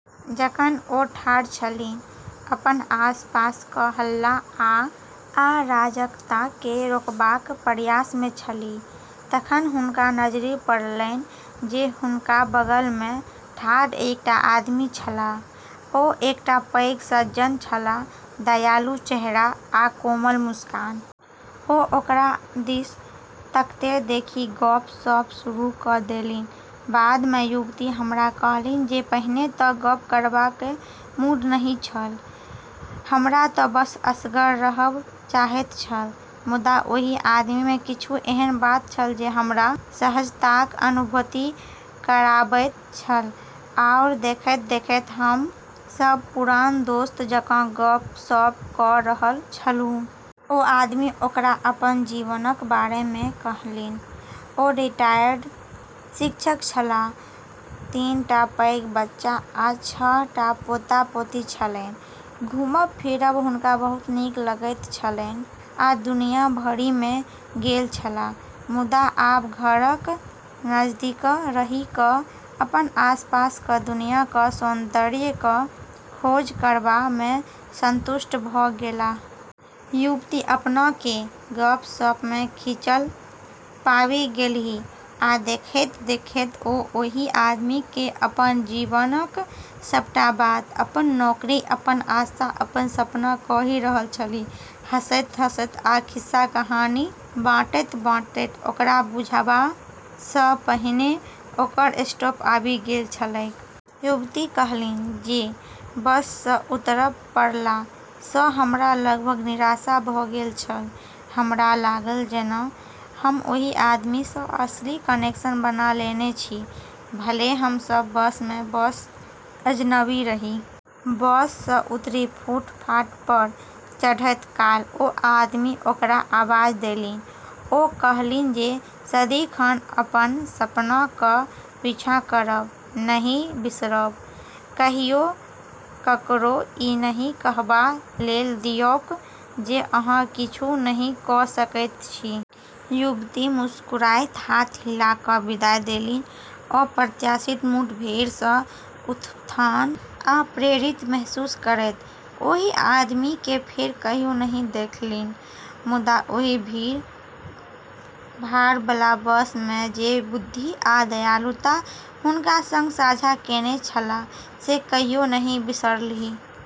जखन ओ ठाढ़ छलीह, अपन आसपासक हल्ला आ अराजकता केँ रोकबाक प्रयास मे छलीह, तखन हुनका नजरि पड़लैन जे हुनका बगल मे ठाढ़ एकटा आदमी छलाह। ओ एकटा पैघ सज्जन छलाह, दयालु चेहरा आ कोमल मुस्कान। ओ ओकरा दिस तकैत देखि गप्प-सप्प शुरू कऽ देलनि। बाद मे युवती हमरा कहलनि जे, पहिने तँ गप्प करबाक मूड नहि छल। "हमरा तँ बस असगर रहब चाहैत छल। मुदा ओहि आदमी मे किछु एहन बात छल जे हमरा सहजताक अनुभूति कराबैत छल, आओर देखैत-देखैत हम सभ पुरान दोस्त जकाँ गप्प-सप्प कऽ रहल छलहुँ।" ओ आदमी ओकरा अपन जीवनक बारे मे कहलनि- ओ रिटायर्ड शिक्षक छलाह, तीन टा पैघ बच्चा आ छह टा पोता-पोती छलेन। घुमब-फिरब हुनका बहुत नीक लगैत छलैन आ दुनिया भरि मे गेल छलाह, मुदा आब घरक नजदीक रहि कऽ अपन आसपासक दुनियाक सौन्दर्यक खोज करबा मे संतुष्ट भऽ गेलाह। युवती अपना केँ गप्प-सप्प मे खींचल पाबि गेलीह, आ देखैत-देखैत ओ ओहि आदमी केँ अपन जीवनक सबटा बात- अपन नौकरी, अपन आशा, अपन सपना कहि रहल छलीह। हँसैत-हँसैत आ खिस्सा-कहानी बाँटैत-बाँटैत, ओकरा बुझबा सँ पहिने ओकर स्टॉप आबि गेल छलैक। युवती कहलनि जे, बस सँ उतरब पड़ला सँ हमरा लगभग निराशा भऽ गेल छल। "हमरा लागल जेना हम ओहि आदमी सँ असली कनेक्शन बना लेने छी, भले हम सभ बस मे बस अजनबी रही।" बस सँ उतरि फुटपाथ पर चढ़ैत काल ओ आदमी ओकरा आवाज देलनि। ओ कहलनि जे, सदिखन अपन सपनाक पीछा करब नहि बिसरब। "कहियो ककरो ई नहि कहबा लेल दियौक जे अहाँ किछु नहि कऽ सकैत छी।" युवती मुस्कुराइत हाथ हिला कऽ विदाई देलनि, अप्रत्याशित मुठभेड़ सँ उत्थान आ प्रेरित महसूस करैत। ओहि आदमी केँ फेर कहियो नहि देखलनि, मुदा ओहि भीड़-भाड़बला बस मे जे बुद्धि आ दयालुता हुनका सँग साझा केने छलाह से कहियो नहि बिसरलीह।